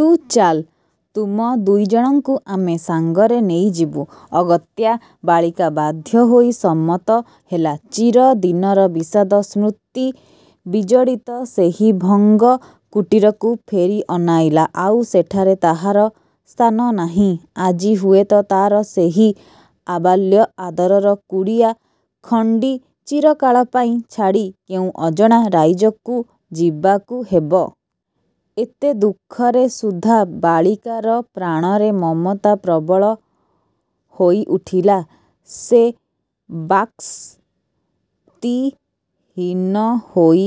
ତୁ ଚାଲ୍। ତୁମ ଦୁଇଜଣଙ୍କୁ ଆମେ ସାଙ୍ଗରେ ନେଇଯିବୁ। " ଅଗତ୍ୟା ବାଳିକା ବାଧ୍ୟ ହୋଇ ସମ୍ମତ ହେଲା। ଚିରଦିନର ବିଷାଦ-ସ୍ମୃତିବିଜଡ଼ିତ ସେହି ଭଗ୍ନ କୁଟୀରକୁ। ଫେରି ଅନାଇଲା। ଆଉ ସେଠାରେ ତାହାର ସ୍ଥାନ ନାହିଁ। ଆଜି ହୁଏତ ତାର ସେହି ଆବାଲ୍ୟ ଆଦରର କୁଡ଼ିଆ ଖଣ୍ଡି ଚିରକାଳ ପାଇଁ ଛାଡ଼ି କେଉଁ ଅଜଣା ରାଇଜକୁ ଯିବାକୁ ହେବ। ଏତେ ଦୁଃଖରେ ସୁଦ୍ଧା ବାଳିକାର ପ୍ରାଣରେ ମମତା ପ୍ରବଳ ହୋଇ ଉଠିଲା। ସେ ବାକ୍ଶକ୍ତିହୀନ ହୋଇ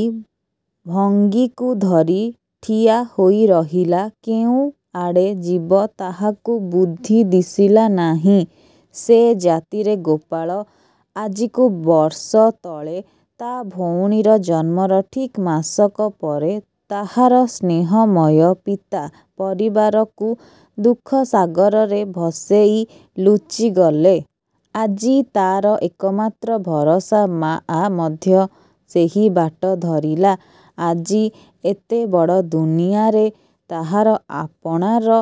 ଭଙ୍ଗୀକୁ ଧରି ଠିଆ ହୋଇ ରହିଲା। କେଉଁ ଆଡ଼େ ଯିବ ତାହାକୁ ବୁଦ୍ଧି ଦିଶିଲା ନାହିଁ। ସେ ଜାତିରେ ଗୋପାଳ। ଆଜିକୁ ବର୍ଷ ତଳେ ତା' ଭଉଣୀର ଜନ୍ମର ଠିକ୍ ମାସକ ପରେ ତାହାର ସ୍ନେହମୟ ପିତା ପରିବାରକୁ ଦୁଃଖସାଗରରେ ଭସେଇ ଲୁଚିଗଲେ। ଆଜି ତାର ଏକମାତ୍ର ଭରସା ମାଆ ମଧ୍ୟ ସେହି ବାଟ ଧରିଲା। ଆଜି ଏତେବଡ଼ ଦୁନିଆଁରେ ତାହାର ଆପଣାର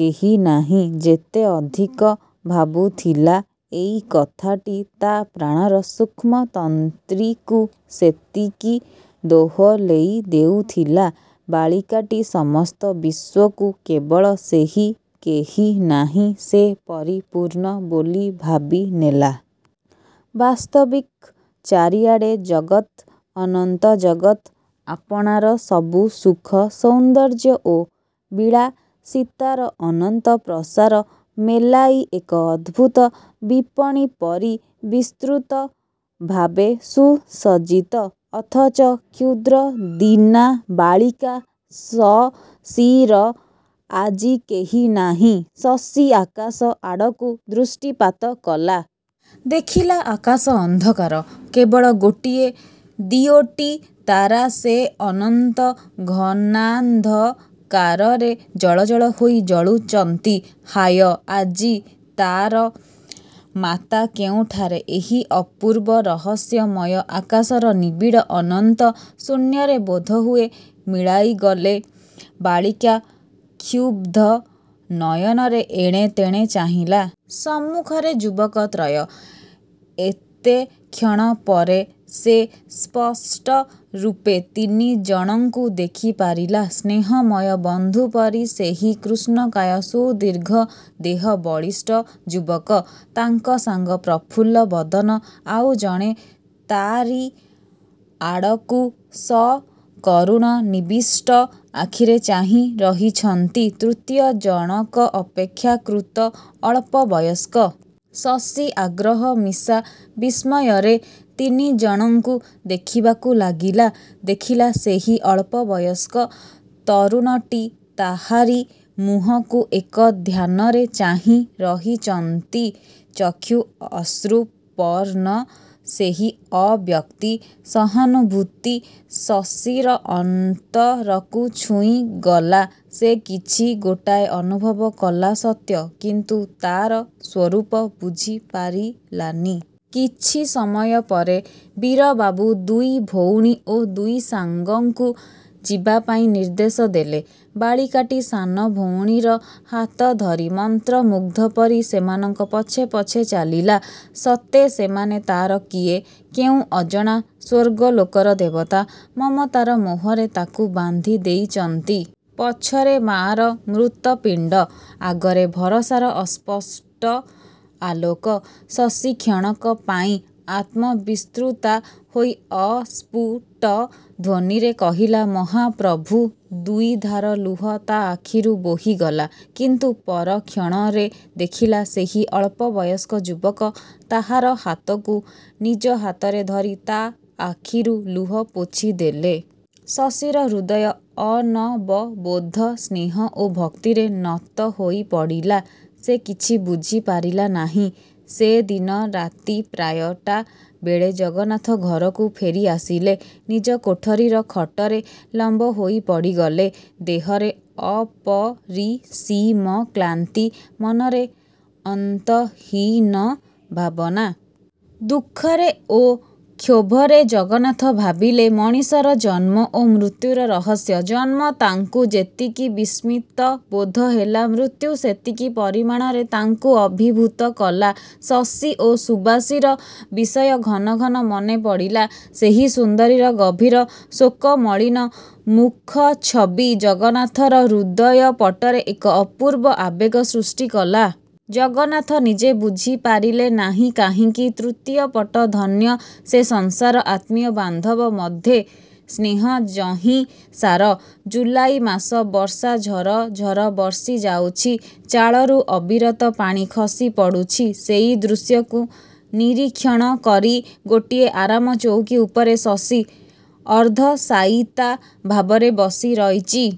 କେହି ନାହିଁ। ଯେତେ ଅଧିକ ଭାବୁଥିଲା ଏଇ କଥାଟି ତା' ପ୍ରାଣର ସୂକ୍ଷ୍ମତନ୍ତ୍ରୀକୁ ସେତିକି ଦୋହଲେଇ ଦେଉଥିଲା। ବାଳିକାଟି ସମସ୍ତ ବିଶ୍ୱକୁ କେବଳ ସେହି 'କେହିନାହିଁ' ସେ ପରିପୂର୍ଣ୍ଣ ବୋଲି ଭାବିନେଲା। ବାସ୍ତବିକ୍ ଚାରି ଆଡ଼େ ଜଗତ୍, ଅନନ୍ତ ଜଗତ୍। ଆପଣାର ସବୁ ସୁଖ, ସୌନ୍ଦର୍ଯ୍ୟ ଓ ବିଳାସିତାର ଅନନ୍ତ ପ୍ରସାର ମେଲାଇ ଏକ ଅଦ୍ଭୁତ ବିପଣି ପରି ବିସ୍ତୃତଭାବେ ସୁସଜ୍ଜିତ। ଅଥଚ କ୍ଷୁଦ୍ର ଦୀନା ବାଳିକା ଶଶୀର ଆଜି କେହି ନାହିଁ। ଶଶୀ ଆକାଶ ଆଡ଼କୁ ଦୃଷ୍ଟିପାତ କଲା। ଦେଖିଲା ଆକାଶ ଅନ୍ଧକାର। କେବଳ ଗୋଟିଏ ଦିଓଟି ତାରା ସେ ଅନନ୍ତ ଘନାନ୍ଧକାରରେ ଜଳଜଳ ହୋଇ ଜଳୁଚନ୍ତି। ହାୟ ଆଜି ତାର ମାତା କେଉଁଠାରେ? ଏହି ଅପୂର୍ବ ରହସ୍ୟମୟ ଆକାଶର ନିବିଡ଼ ଅନନ୍ତ ଶୂନ୍ୟରେ ବୋଧହୁଏ ମିଳାଇଗଲେ। ବାଳିକା କ୍ଷୁବ୍ଧ ନୟନରେ ଏଣେ ତେଣେ ଚାହିଁଲା। ସମ୍ମୁଖରେ ଯୁବକତ୍ରୟ। ଏତେକ୍ଷଣ ପରେ ସେ ସ୍ପଷ୍ଟ ରୂପେ ତିନିଜଣଙ୍କୁ ଦେଖି ପାରିଲା। ସ୍ନେହମୟ ବନ୍ଧୁ ପରି ସେହି କୃଷ୍ଣକାୟ ସୁଦୀର୍ଘ ଦେହ ବଳିଷ୍ଠ ଯୁବକ। ତାଙ୍କ ସାଙ୍ଗ ପ୍ରଫୁଲ୍ଲବଦନ, ଆଉ ଜଣେ ତାରିଆଡ଼କୁ ସକରୁଣ ନିବିଷ୍ଟ ଆଖିରେ ଚାହିଁ ରହିଛନ୍ତି। ତୃତୀୟ ଜଣକ ଅପେକ୍ଷାକୃତ ଅଳ୍ପବୟସ୍କ। ଶଶୀ ଆଗ୍ରହ ମିଶା ବିସ୍ମୟରେ ତିନିଜଣଙ୍କୁ ଦେଖିବାକୁ ଲାଗିଲା। ଦେଖିଲା ସେହି ଅଳ୍ପ ବୟସ୍କ ତରୁଣଟି ତାହାରି ମୁହଁକୁ ଏକଧ୍ୟାନରେ ଚାହିଁ ରହିଚନ୍ତି। ଚକ୍ଷୁ ଅଶ୍ରୁପର୍ଣ୍ଣ। ସେହି ଅବ୍ୟକ୍ତି ସହାନୁଭୂତି ଶଶୀର ଅନ୍ତରକୁ ଛୁଇଁଗଲା। ସେ କିଛି ଗୋଟାଏ ଅନୁଭବ କଲା ସତ୍ୟ; କିନ୍ତୁ ତାର ସ୍ୱରୂପ ବୁଝି ପାରିଲାନି। କିଛି ସମୟ ପରେ ବୀରବାବୁ ଦୁଇ ଭଉଣୀ ଓ ଦୁଇ ସାଙ୍ଗଙ୍କୁ ଯିବାପାଇଁ ନିର୍ଦ୍ଦେଶ ଦେଲେ। ବାଳିକାଟି ସାନଭଉଣୀର ହାତଧରି ମନ୍ତ୍ରମୁଗ୍ଧ ପରି ସେମାନଙ୍କ ପଛେ ପଛେ ଚାଲିଲା। ସତେ, ସେମାନେ ତାର କିଏ? କେଉଁ ଅଜଣା ସ୍ୱର୍ଗଲୋକର ଦେବତା। ମମତାର ମୋହରେ ତାକୁ ବାନ୍ଧିଦେଇଚନ୍ତି। ପଛରେ ମାଆର ମୃତପିଣ୍ଡ। ଆଗରେ ଭରସାର ଅସ୍ପଷ୍ଟ ଆଲୋକ। ଶଶୀ କ୍ଷଣକ ପାଇଁ ଆତ୍ମବିସ୍ମୃତା ହୋଇ ଅସ୍ଫୁଟ ଧ୍ୱନିରେ କହିଲା "ମହାପ୍ରଭୁ! " ଦୁଇଧାର ଲୁହ ତା' ଆଖିରୁ ବୋହିଗଲା। କିନ୍ତୁ ପରକ୍ଷଣରେ ଦେଖିଲା, ସେହି ଅଳ୍ପବୟସ୍କ ଯୁବକ ତାହାର ହାତକୁ ନିଜ ହାତରେ ଧରି ତା' ଆଖିରୁ ଲୁହ ପୋଛିଦେଲେ। ଶଶୀର ହୃଦୟ ଅନବବୋଧ ସ୍ନେହ ଓ ଭକ୍ତିରେ ନତ ହୋଇପଡ଼ିଲା। ସେ କିଛି ବୁଝି ପାରିଲା ନାହିଁ। ସେଦିନ ରାତି ପ୍ରାୟ ଟା ବେଳେ ଜଗନ୍ନାଥ ଘରକୁ ଫେରି ଆସିଲେ। ନିଜ କୋଠରୀର ଖଟରେ ଲମ୍ବହୋଇ ପଡ଼ିଗଲେ। ଦେହରେ ଅପରିସୀମ କ୍ଳାନ୍ତି, ମନରେ ଅନ୍ତହୀନ ଭାବନା। ଦୁଃଖରେ ଓ କ୍ଷୋଭରେ ଜଗନ୍ନାଥ ଭାବିଲେ ମଣିଷର ଜନ୍ମ ଓ ମୃତ୍ୟୁର ରହସ୍ୟ। ଜନ୍ମ ତାଙ୍କୁ ଯେତିକି ବିସ୍ମିତ ବୋଧହେଲା, ମୃତ୍ୟୁ ସେତିକି ପରିମାଣରେ ତାଙ୍କୁ ଅଭିଭୂତ କଲା। ଶଶୀ ଓ ସୁବାସୀର ବିଷୟ ଘନ ଘନ ମନେପଡ଼ିଲା। ସେହି ସୁନ୍ଦରୀର ଗଭୀର ଶୋକମଳିନ ମୁଖଚ୍ଛବି ଜଗନ୍ନାଥର ହୃଦୟପଟ୍ଟରେ ଏକ ଅପୂର୍ବ ଆବେଗ ସୃଷ୍ଟି କଲା। ଜଗନ୍ନାଥ ନିଜେ ବୁଝିପାରିଲେ ନାହିଁ କାହିଁକି? ତୃତୀୟ ପଟ ଧନ୍ୟ ସେ ସଂସାର ଆତ୍ମୀୟ ବାନ୍ଧବ ମଧ୍ୟେ ସ୍ନେହ ଯହିଁ ସାର। ଜୁଲାଇ ମାସ। ବର୍ଷା ଝର ଝର ବର୍ଷି ଯାଉଛି। ଚାଳରୁ ଅବିରତ ପାଣି ଖସି ପଡ଼ୁଛି। ସେଇ ଦୃଶ୍ୟକୁ ନିରୀକ୍ଷଣ କରି ଗୋଟିଏ ଆରାମଚଉକି ଉପରେ ଶଶୀ ଅର୍ଦ୍ଧଶାୟିତା ଭାବରେ ବସି ରହିଚି-।